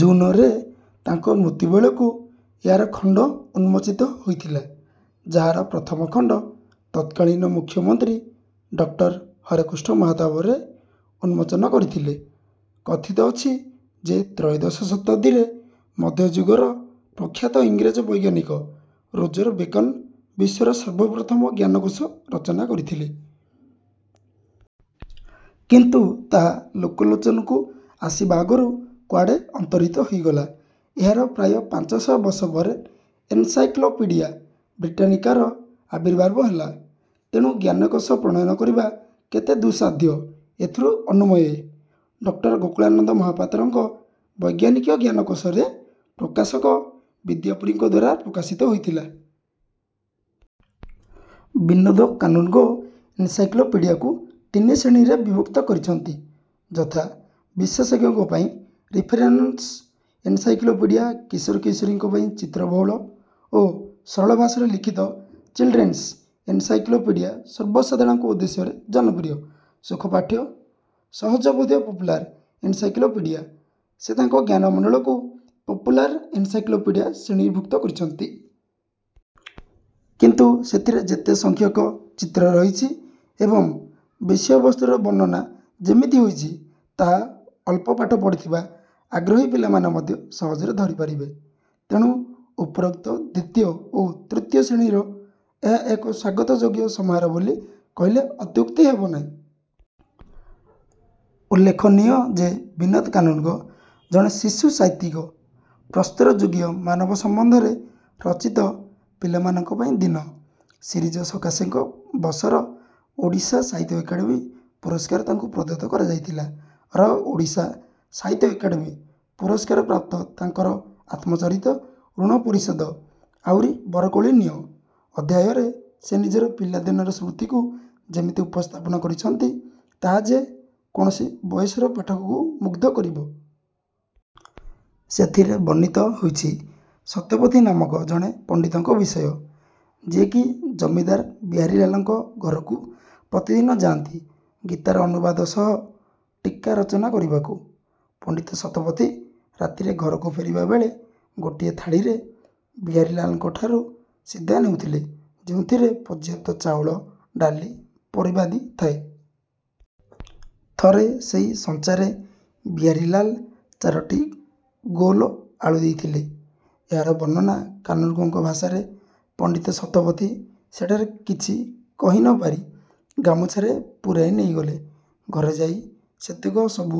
ଜୁନ ରେ ତାଙ୍କ ମୃତ୍ୟୁବେଳକୁ ଏହାର ଖଣ୍ଡ ଉନ୍ମୋଚିତ ହୋଇଥିଲା, ଯାହାର ପ୍ରଥମ ଖଣ୍ଡ ତତ୍କାଳୀନ ମୁଖ୍ୟମନ୍ତ୍ରୀ ଡକଟର ହରେକୃଷ୍ଣ ମହାତାବ. ରେ ଉନ୍ମୋଚନ କରିଥିଲେ। କଥିତ ଅଛି ଯେ ତ୍ରୟୋଦଶ ଶତାବ୍ଦୀରେ ମଧ୍ୟଯୁଗର ପ୍ରଖ୍ୟାତ ଇଂରେଜ ବୈଜ୍ଞାନିକ ରୋଜର ବେକନ ବିଶ୍ୱର ସର୍ବ ପ୍ରଥମ ଜ୍ଞାନକୋଷ ରଚନା କରିଥିଲେ। କିନ୍ତୁ ତାହା ଲୋକଲୋଚନକୁ ଆସିବା ଆଗରୁ କୁଆଡେ଼ ଅନ୍ତର୍ହିତ ହୋଇଗଲା। ଏହାର ପ୍ରାୟ ପାଞ୍ଚ ଶହ ବର୍ଷ ପରେ ଏନସାଇକ୍ଲୋପିଡ଼ିଆ ବ୍ରିଟାନିକାର ଆବିର୍ଭାବ ହେଲା। ତେଣୁ ଜ୍ଞାନକୋଷ ପ୍ରଣୟନ କରିବା କେତେ ଦୁଃସାଧ୍ୟ -ଏଥିରୁ ଅନୁମୟେ। ଡକ୍ଟର ଗୋକୁଳାନନ୍ଦ ମହାପାତ୍ରଙ୍କ ବୈଜ୍ଞାନିକ ଜ୍ଞାନକୋଷ ରେ ପ୍ରକାଶକ ବିଦ୍ୟାପୁରୀ ଙ୍କଦ୍ୱାରା ପ୍ରକାଶିତ ହେଇଥିଲା। ବିନୋଦ କାନୁନଗୋ ଏନସାଇକ୍ଲୋପିଡ଼ିଆକୁ ତିନି ଶ୍ରେଣୀରେ ବିଭକ୍ତ କରିଛନ୍ତି। ଯଥା: ବିଶେଷଜ୍ଞଙ୍କ ପାଇଁ ରିଫେରେନସ ଏନସାଇକ୍ଲୋପିଡ଼ିଆ କିଶୋର କିଶୋରୀଙ୍କ ପାଇଁ ଚିତ୍ରବହୁଳ ଓ ସରଳ ଭାଷାରେ ଲିଖିତ ଚିଲ୍ଡରେନ୍ସ ଏନସାଇକ୍ଲୋପିଡ଼ିଆ ସର୍ବସାଧାରଣଙ୍କ ଉଦ୍ଦେଶ୍ୟରେ ଜନପ୍ରିୟ, ସୁଖପାଠ୍ୟ, ସହଜବୋଧ୍ୟ ପପୁଲାର ଏନସାକ୍ଲୋପିଡ଼ିଆ। ସେ ତାଙ୍କ ଜ୍ଞାନମଣ୍ଡଳକୁ "ପପୁଲାର ଏନସାଇକ୍ଲୋପିଡ଼ିଆ" ଶ୍ରେଣୀଭୁକ୍ତ କରିଛନ୍ତି। କିନ୍ତୁ ସେଥିରେ ଯେତେ ସଂଖ୍ୟକ ଚିତ୍ର ରହିଛି ଏବଂ ବିଷୟବସ୍ତୁର ବର୍ଣ୍ଣନା ଯେମିତି ହୋଇଛି, ତାହା ଅଳ୍ପ ପାଠ ପଢ଼ିଥିବା ଆଗ୍ରହୀ ପିଲାମାନେ ମଧ୍ୟ ସହଜରେ ଧରିପାରିବେ। ତେଣୁ ଉପରୋକ୍ତ ଦ୍ୱିତୀୟ ଓ ତୃତୀୟ ଶ୍ରେଣୀର ଏହା ଏକ ସ୍ୱାଗତଯୋଗ୍ୟ ସମାହାର ବୋଲି କହିଲେ ଅତ୍ୟୁକ୍ତି ହେବନାହିଁ। ଉଲ୍ଲେଖନୀୟ ଯେ ବିନୋଦ କାନୁନଗୋ ଜଣେ ଶିଶୁ ସାହିତ୍ୟିକ। ପ୍ରସ୍ତରଯୁଗୀୟ ମାନବ ସମ୍ବନ୍ଧରେ ରଚିତ "ପିଲାମାନଙ୍କ ପାଇଁ ଦିନ "ସିରିଜ ସକାଶେ ଙ୍କ ବର୍ଷର ଓଡ଼ିଶା ସାହିତ୍ୟ ଏକାଡେ଼ମୀ ପୁରସ୍କାର ତାଙ୍କୁ ପ୍ରଦତ୍ତ କରାଯାଇଥିଲା। ର ଓଡ଼ିଶା ସାହିତ୍ୟ ଏକାଡେ଼ମୀ ପୁରସ୍କାରପ୍ରାପ୍ତ ତାଙ୍କର ଆତ୍ମଚରିତ "ଋଣ ପରିଶୋଧ", "ଆଉରି ବରକୋଳି ନିଅ" ଅଧ୍ୟାୟରେ ସେ ନିଜର ପିଲାଦିନର ସ୍ମୃତିକୁ ଯେମିତି ଉପସ୍ଥାପନ କରିଛନ୍ତି, ତାହା ଯେ କୌଣସି ବୟସର ପାଠକକୁ ମୁଗ୍ଧ କରିବ। ସେଥିରେ ବର୍ଣ୍ଣିତ ହୋଇଛି ଶତପଥୀ ନାମକ ଜଣେ ପଣ୍ଡିତଙ୍କ ବିଷୟ, ଯିଏକି ଜମିଦାର ବିହାରୀଲାଲଙ୍କ ଘରକୁ ପ୍ରତିଦିନ ଯାଆନ୍ତି ଗୀତାର ଅନୁବାଦ ସହ ଟୀକା ରଚନା କରିବାକୁ। ପଣ୍ଡିତ ଶତପଥୀ ରାତିରେ ଘରକୁ ଫେରିବା ବେଳେ ଗୋଟିଏ ଥାଳିରେ ବିହାରୀଲାଲଙ୍କଠାରୁ ସିଦା ନେଉଥିଲେ, ଯେଉଁଥିରେ ପର୍ଯ୍ୟାପ୍ତ ଚାଉଳ, ଡାଲି, ପରିବାଦି ଥାଏ। ଥରେ ସେଇ ସଞ୍ଚାରେ ବିହାରୀଲାଲ ଚାରୋଟି ଗୋଲ ଆଳୁ ଦେଇଥିଲେ। ଏହାର ବର୍ଣ୍ଣନା କାନୁନଗୋଙ୍କ ଭାଷାରେ, "ପଣ୍ଡିତ ଶତପଥୀ" ସେଠାରେ କିଛି କହି ନ ପାରି ଗାମୁଚ୍ଛାରେ ପୂରାଇ ନେଇଗଲେ। ଘରେ ଯାଇ ସେତକ ସବୁ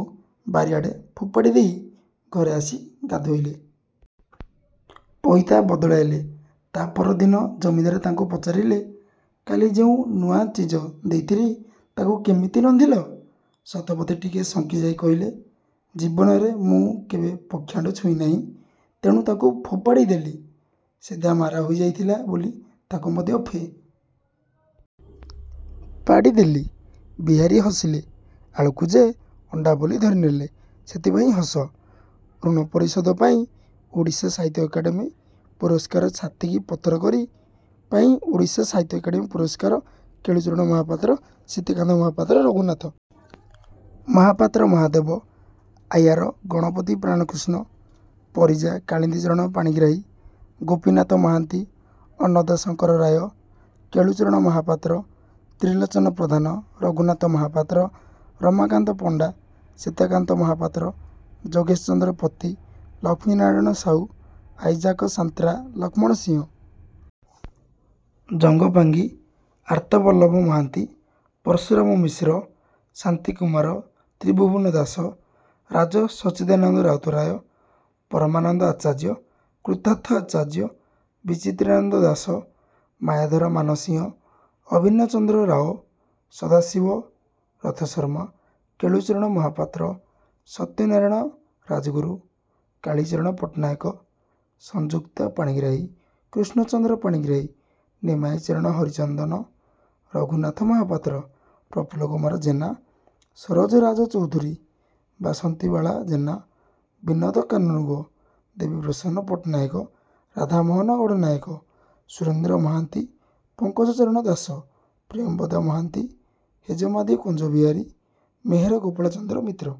ବାରିଆଡେ଼ ଫେ। ପାଡ଼ି ଦେଇ ଘରେ ଆସି ଗାଧୋଇଲେ। ପଇତା ବଦଳାଇଲେ ତା' ପରଦିନ ଜମିଦାର ତାଙ୍କୁ ପଚାରିଲେ, "କାଲି ଯେଉଁ ନୂଆ ଚିଜ ଦେଇଥିଲି ତାକୁ କେମିତି ରନ୍ଧିଲ? " ଶତପଥୀ ଟିକିଏ ଶଙ୍କି ଯାଇ କହିଲେ, "ଜୀବନରେ ମୁଁ କେବେ ପକ୍ଷ୍ୟଣ୍ଡ ଛୁଇଁ ନାହିଁ। ତେଣୁ ତାକୁ ଫେ। ପାଡ଼ି ଦେଲି। ସିଦା ମାରା ହୋଇ ଯାଇଥିଲା ବୋଲି ତାକୁ ମଧ୍ୟ ଫେ। ପାଡ଼ି ଦେଲି। " ବିହାରୀ ହସିଲେ "ଆଳୁକୁ ଯେ ଅଣ୍ଡା ବୋଲି ଧରିନେଲେ ସେଥିପାଇଁ ହସ। " ଋଣ ପରିଶୋଧ ପାଇଁ ଓଡ଼ିଶା ସାହିତ୍ୟ ଏକାଡେମୀ ପୁରସ୍କାର ଛାତିକି ପଥର କରି ପାଇଁ ଓଡ଼ିଶା ସାହିତ୍ୟ ଏକାଡେମୀ ପୁରସ୍କାର, କେଳୁଚରଣ ମହାପାତ୍ର ସୀତାକାନ୍ତ ମହାପାତ୍ର ରଘୁନାଥ ମହାପାତ୍ର ମହାଦେବ ଆୟାର ଗଣପତି ପ୍ରାଣକୃଷ୍ଣ ପରିଜା କାଳିନ୍ଦୀ ଚରଣ ପାଣିଗ୍ରାହୀ ଗୋପୀନାଥ ମହାନ୍ତି ଅନ୍ନଦା ଶଙ୍କର ରାୟ କେଳୁଚରଣ ମହାପାତ୍ର ତ୍ରିଲୋଚନ ପ୍ରଧାନ ରଘୁନାଥ ମହାପାତ୍ର ରମାକାନ୍ତ ପଣ୍ଡା ସୀତାକାନ୍ତ ମହାପାତ୍ର ଯୋଗେଶ ଚନ୍ଦ୍ର ପତି ଲକ୍ଷ୍ମୀନାରାୟଣ ସାହୁ ଆଇଜାକ ସାନ୍ତ୍ରା ଲକ୍ଷ୍ମଣ ସିଂହ ଜଙ୍ଗପାଙ୍ଗି ଆର୍ତ୍ତବଲ୍ଲଭ ମହାନ୍ତି ପର୍ଶୁରାମ ମିଶ୍ର ଶାନ୍ତି କୁମାର ତ୍ରିଭୂବନଦାସ ରାଜ ସଚ୍ଚିଦାନନ୍ଦ ରାଉତରାୟ ପରମାନନ୍ଦ ଆଚାର୍ଯ୍ୟ କୃତାର୍ଥ ଆଚାର୍ଯ୍ୟ ବିଚିତ୍ରାନନ୍ଦ ଦାସ ମାୟାଧର ମାନସିଂହ ଅଭିନ୍ନ ଚନ୍ଦ୍ର ରାଓ ସଦାଶିବ ରଥଶର୍ମା କେଳୁଚରଣ ମହାପାତ୍ର ସତ୍ୟନାରାୟଣ ରାଜଗୁରୁ କାଳୀଚରଣ ପଟ୍ଟନାୟକ ସଂଯୁକ୍ତା ପାଣିଗ୍ରାହୀ କୃଷ୍ଣଚନ୍ଦ୍ର ପାଣିଗ୍ରାହୀ ନିମାଇଁ ଚରଣ ହରିଚନ୍ଦନ ରଘୁନାଥ ମହାପାତ୍ର ପ୍ରଫୁଲ୍ଲ କୁମାର ଜେନା ସରୋଜ ରାଜ ଚୌଧୁରୀ ବାସନ୍ତୀବାଳା ଜେନା ବିନୋଦ କାନୁନଗୋ ଦେବୀପ୍ରସନ୍ନ ପଟ୍ଟନାୟକ ରାଧାମୋହନ ଗଡ଼ନାୟକ ସୁରେନ୍ଦ୍ର ମହାନ୍ତି ପଙ୍କଜ ଚରଣ ଦାସ ପ୍ରିୟମ୍ବଦା ମହାନ୍ତି ହେଜମାଦି କୁଞ୍ଜ ବିହାରୀ ମେହେର ଗୋପାଳ ଚନ୍ଦ୍ର ମିତ୍ର।